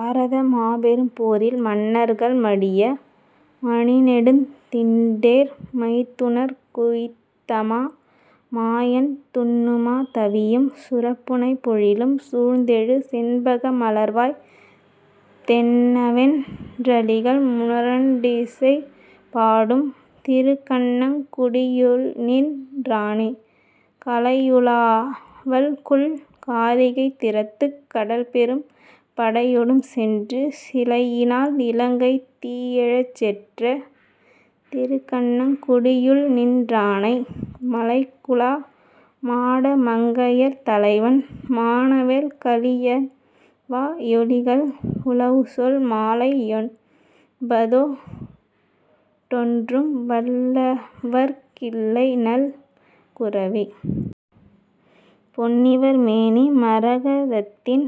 பாரத மாபெரும் போரில் மன்னர்கள் மடிய மணிநெடுந் திண்டேர் மைத்துனர்க் குய்த்தமா மாயன் துன்னுமா தவியும் சுரபுனைப் பொழிலும் சூழ்ந்தெழு செண்பக மலர்வாய் தென்னவென் றளிகள் முரன்றிசை பாடும் திருக்கண்ணங் குடியுள்நின் றானே.. கலையுலாவல்குல் காரிகை திறத்துக் கடல்பெரும் படையொடும் சென்று சிலையினால் இலங்கை தீயெழச் செற்ற திருக்கண்ணங் குடியுள்நின் றானை மலைகுலா மாட மங்கையர் தலைவன் மானவேல் கலியன்வா யொலிகள் உலவுசொல் மாலை யொன்பதோ டொன்றும் வல்லவர்க் கில்லைநல் குரவே. பொன்னிவர் மேனி மரக தத்தின்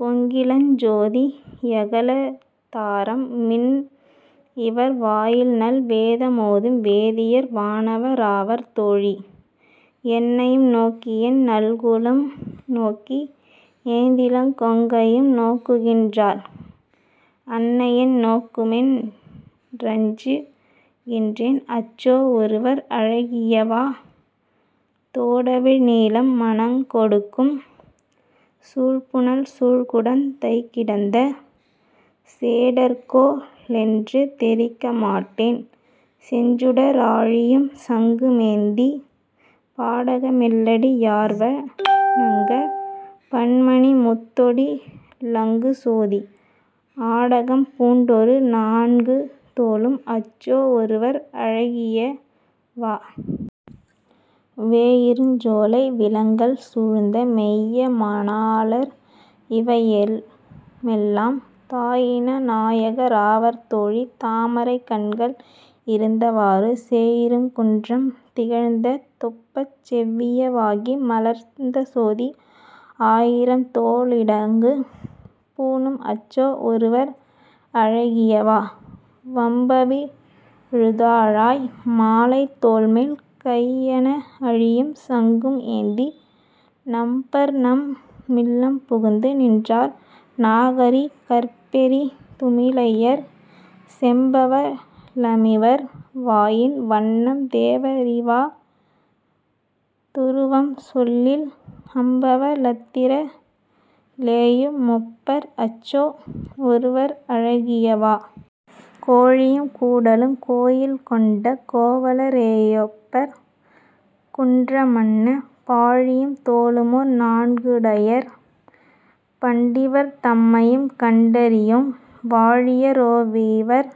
பொங்கிளஞ் சோதி யகலத்தாரம் மின் இவர் வாயில்நல் வேத மோதும் வேதியர் வானவ ராவர்தோழீ, என்னையும் நோக்கியென் னல்குலும் நோக்கி ஏந்திளங் கொங்கையும் நோக்குகின்றார் அன்னையென் னோக்குமென் றஞ்சு கின்றேன் அச்சோ ஒருவர் அழகியவா.. தோடவிழ் நீலம் மணங்கொ டுக்கும் சூழ்புனல் சூழ்குடந் தைக்கிடந்த சேடர்கொ லென்று தெரிக்க மாட்டேன் செஞ்சுட ராழியும் சங்குமேந்தி பாடக மெல்லடி யார்வ ணங்கப் பன்மணி முத்தொடி லங்குசோதி ஆடகம் பூண்டொரு நான்கு தோளும் அச்சோ ஒருவர் அழகியவா.. வேயிருஞ் சோலை விலங்கல் சூழ்ந்த மெய்ய மணாளர் இவ் வையமெல்லாம் தாயின நாயக ராவர் தோழீ. தாமரைக் கண்கள் இருந்தவாறு, சேயிருங் குன்றம் திகழ்ந்த தொப்பச் செவ்விய வாகி மலர்ந்தசோதி ஆயிரம் தோளொ டிலங்கு பூணும் அச்சோ ஒருவர் அழகியவா.. வம்பவி ழும்துழாய் மாலை தோள்மேல் கையன ஆழியும் சங்கும் ஏந்தி, நம்பர்நம் மில்லம் புகுந்து நின்றார் நாகரி கர்பெரி துமிளையர் செம்பவ ளமிவர் வாயின் வண்ணம் தேவ ரிவர துருவம்சொல்லில் அம்பவ ளத்திர ளேயு மொப்பர் அச்சோ ஒருவர் அழகியவா.. கோழியும் கூடலும் கோயில் கொண்ட கோவல ரேயொப்பர் குன்றமன்ன பாழியும் தோளுமோர் நான்கு டையர் பண்டிவர் தம்மையும் கண்டறியோம் வாழிய ரோவிவர்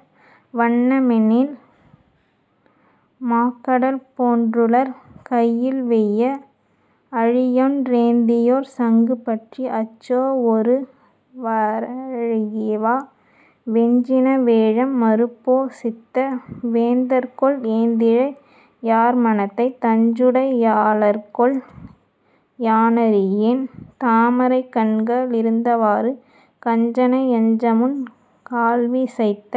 வண்ண மெண்ணில் மாகடல் போன்றுளர் கையில்வெய்ய, ஆழியொன் றேந்தியோர் சங்கு பற்றி அச்சோவொருவரழகியவா.. வெஞ்சின வேழம் மருப்பொ சித்த வேந்தர்கொல் ஏந்திழை யார்மனத்தை தஞ்சுடை யாளர்கொல் யான றியேன் தாமரைக் கண்க ளிருந்தவாறு கஞ்சனை யஞ்சமுன் கால்வி சைத்த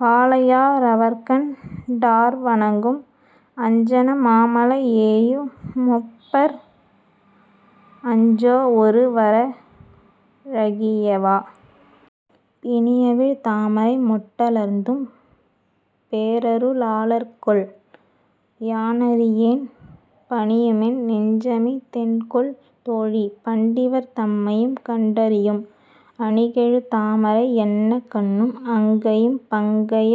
காளையா ரவர்கண் டார்வணங்கும் அஞ்சன மாமலை யேயு மொப்பர் அச்சோவொருவரழகியவா.. பிணியவிழ் தாமை மொட்ட லர்த்தும் பேரரு ளாளர்கொல்? யானறியேன், பணியுமென் நெஞ்சமி தென்கொல் தோழீ. பண்டிவர் தம்மையும் கண்டறியோம் அணிகெழு தாமரை யன்ன கண்ணும் அங்கையும் பங்கய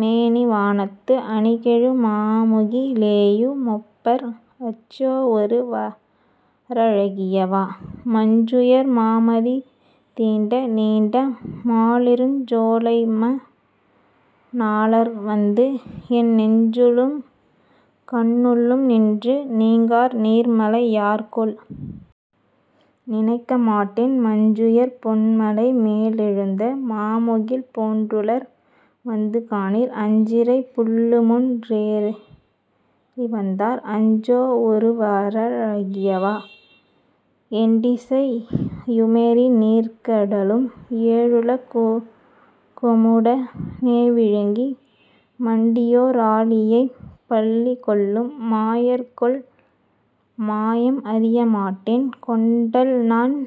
மேனிவானத்து, அணிகெழு மாமுகி லேயு மொப்பர் அச்சோவொருவரழகியவா.. மஞ்சுயர் மாமதி தீண்ட நீண்ட மாலிருஞ் சோலைம ணாளர்வந்து என் நெஞ்சுள்ளும் கண்ணுள்ளும் நின்று நீங்கார் நீர்மலை யார்கொல்? நினைக்கமாட்டேன்? மஞ்சுயர் பொன்மலை மேலெ ழுந்த மாமுகில் போன்றுளர் வந்துகாணீர் அஞ்சிறைப் புள்ளுமொன் றேறி வந்தார் அச்சோவொருவரழகியவா.. எண்டிசை யுமெறி நீர்க்க டலும் ஏழுல குமுட னேவிழுங்கி மண்டியோ ராலிலைப் பள்ளி கொள்ளும் மாயர்கொல்? மாயம் அறியமாட்டேன் கொண்டல்நன்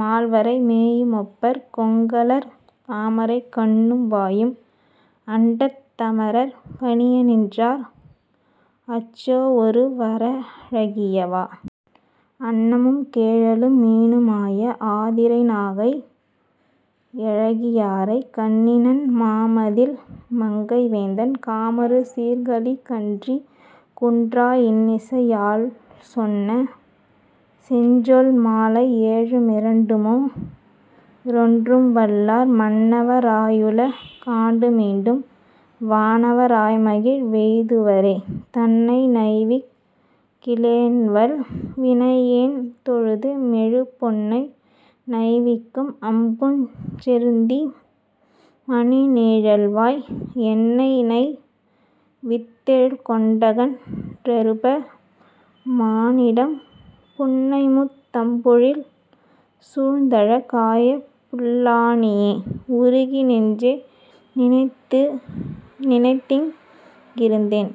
மால்வரை யேயு மொப்பர் கொங்கலர் தாமரைக் கண்ணும்வாயும் அண்டத் தமரர் பணிய நின்றார் அச்சோவொருவரழகியவா.. அன்னமும் கேழலும் மீனு மாய ஆதியை நாகை யழகியாரை கன்னிநன் மாமதிள் மங்கை வேந்தன் காமரு சீர்க்கலி கன்றி குன்றா இன்னிசை யால்சொன்ன செஞ்சொல் மாலை ஏழு மிரண்டுமொ ரொன்றும்வல்லார், மன்னவ ராயுல காண்டு மீண்டும் வானவ ராய்மகிழ் வெய்துவரே. தன்னை நைவிக் கிலேன்வல் வினையேன் தொழுதுமெழு பொன்னை நைவிக்கும் அப்பூஞ் செருந்தி மணிநீழல்வாய் என்னைநை வித்தெழல் கொண்டகன் றபெரு மானிடம், புன்னைமுத் தம்பொழில் சூழ்ந்தழ காய புல்லாணியே.. உருகி நெஞ்சே நினைந்திங் கிருந்தென்